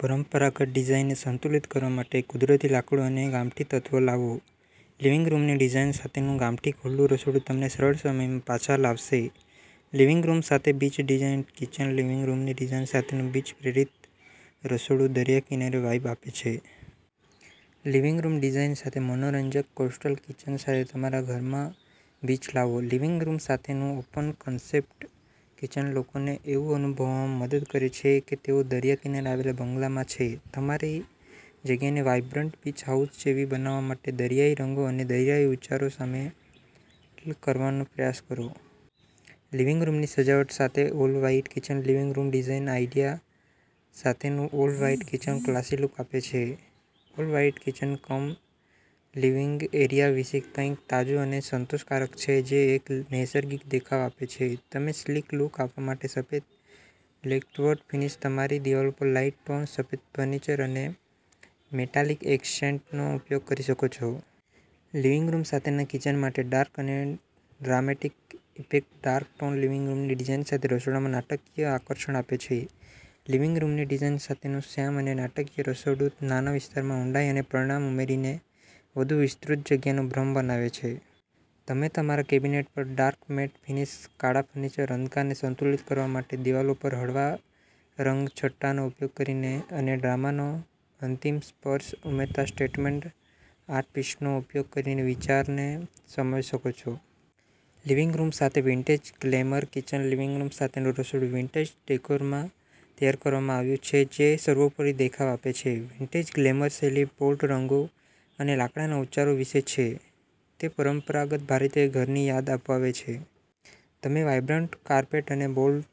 પરંપરાગત ડિઝાઇનને સંતુલિત કરવા માટે કુદરતી લાકડું અને ગામઠી તત્વો લાવો. લિવિંગ રૂમની ડિઝાઇન સાથેનું ગામઠી ખુલ્લું રસોડું તમને સરળ સમયમાં પાછા લાવશે. લિવિંગ રૂમ સાથે બીચ ડિઝાઇન, કિચન લિવિંગ રૂમની ડિઝાઇન સાથેનું બીચ પ્રેરિત રસોડું દરિયા કિનારે વાઇબ આપે છે. લિવિંગ રૂમ ડિઝાઇન સાથે મનોરંજક કોસ્ટલ કિચન સાથે તમારા ઘરમાં બીચ લાવો. લિવિંગ રૂમ સાથેનું ઓપન-કન્સેપ્ટ કિચન લોકોને એવું અનુભવવામાં મદદ કરે છે કે તેઓ દરિયા કિનારે આવેલા બંગલામાં છે. તમારી જગ્યાને વાઇબ્રન્ટ બીચ હાઉસ જેવી બનાવવા માટે દરિયાઇ રંગો અને દરિયાઇ ઉચ્ચારો સામેલ કરવાનો પ્રયાસ કરો. લિવિંગ રૂમની સજાવટ સાથે all white kitchen living room design idea સાથેનું ઓલ-વ્હાઇટ કિચન ક્લાસી લુક આપે છે. ઓલ-વ્હાઈટ કિચન-કમ-લિવિંગ એરિયા વિશે કંઈક તાજું અને સંતોષકારક છે જે એક નૈસર્ગિક દેખાવ આપે છે. તમે સ્લીક લુક આપવા માટે સફેદ લેકક્વર્ડ ફિનીશ, તમારી દિવાલો પર લાઇટ ટોન, સફેદ ફર્નિચર અને મેટાલિક એક્સેંટનો ઉપયોગ કરી શકો છો. લિવિંગ રૂમ સાથેના કિચન માટે ડાર્ક અને dramatic effect dark tone living રૂમની ડિઝાઇન સાથે રસોડામાં નાટકીય આકર્ષણ આપે છે. લિવિંગ રૂમની ડિઝાઇન સાથેનું શ્યામ અને નાટકીય રસોડું નાના વિસ્તારમાં ઊંડાઈ અને પરિમાણ ઉમેરીને વધુ વિસ્તૃત જગ્યાનો ભ્રમ બનાવે છે. તમે તમારા કેબિનેટ પર ડાર્ક મેટ ફિનિશ, કાળા ફર્નિચર, અંધકારને સંતુલિત કરવા માટે દિવાલો પર હળવા રંગછટાનો ઉપયોગ કરીને અને ડ્રામાનો અંતિમ સ્પર્શ ઉમેરતા સ્ટેટમેન્ટ આર્ટ પીસનો ઉપયોગ કરીને વિચારને સમાવી શકો છો. લિવિંગ રૂમ સાથે vintage glamour kitchen, living room સાથેનું રસોડું વિન્ટેજ ડેકોરમાં તૈયાર કરવામાં આવ્યું છે જે સર્વોપરી દેખાવ આપે છે. વિન્ટેજ ગ્લેમર શૈલી બોલ્ડ રંગો અને લાકડાના ઉચ્ચારો વિશે છે. તે પરંપરાગત ભારતીય ઘરની યાદ અપાવે છે. તમે વાઇબ્રન્ટ કાર્પેટ અને બોલ્ડ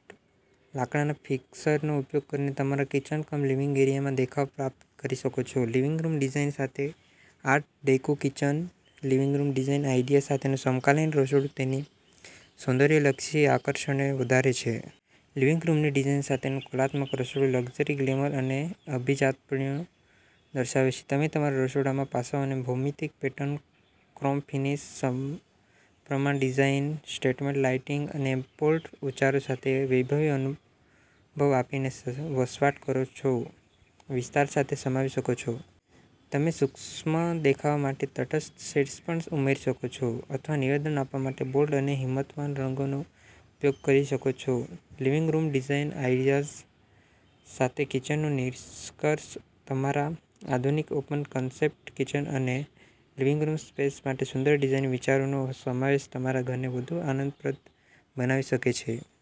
લાકડાના ફિક્સરનો ઉપયોગ કરીને તમારા કિચન-કમ-લિવિંગ એરિયામાં દેખાવ પ્રાપ્ત કરી શકો છો. લિવિંગ રૂમ ડિઝાઇન સાથે art deco kitchen, living room design idea સાથેનું સમકાલીન રસોડું તેની સૌંદર્યલક્ષી આકર્ષણને વધારે છે. લિવિંગ રૂમની ડિઝાઇન સાથેનું કલાત્મક રસોડું લક્ઝરી, ગ્લેમર અને અભિજાત્યપુણ્ય દર્શાવે છે. તમે તમારા રસોડામાં પાસાઓને ભૌમિતિક પેટર્ન, ક્રોમ ફિનિશ, સમપ્રમાણ ડિઝાઇન, સ્ટેટમેન્ટ લાઇટિંગ અને બોલ્ડ ઉચ્ચારો સાથે વૈભવી અનુભવ આપીને વસવાટ કરો છો વિસ્તાર સાથે સમાવી શકો છો. તમે સૂક્ષ્મ દેખાવ માટે તટસ્થ શેડ્સ પણ ઉમેરી શકો છો અથવા નિવેદન આપવા માટે બોલ્ડ અને હિંમતવાન રંગોનો ઉપયોગ કરી શકો છો. લિવિંગ રૂમ ડિઝાઇન આઇડિયાઝ સાથે કિચનનું નિષ્કર્ષ તમારા આધુનિક ઓપન-કન્સેપ્ટ કિચન અને લિવિંગ રૂમ સ્પેસ માટે સુંદર ડિઝાઇન વિચારોનો સમાવેશ તમારા ઘરને વધુ આનંદપ્રદ બનાવી શકે છે.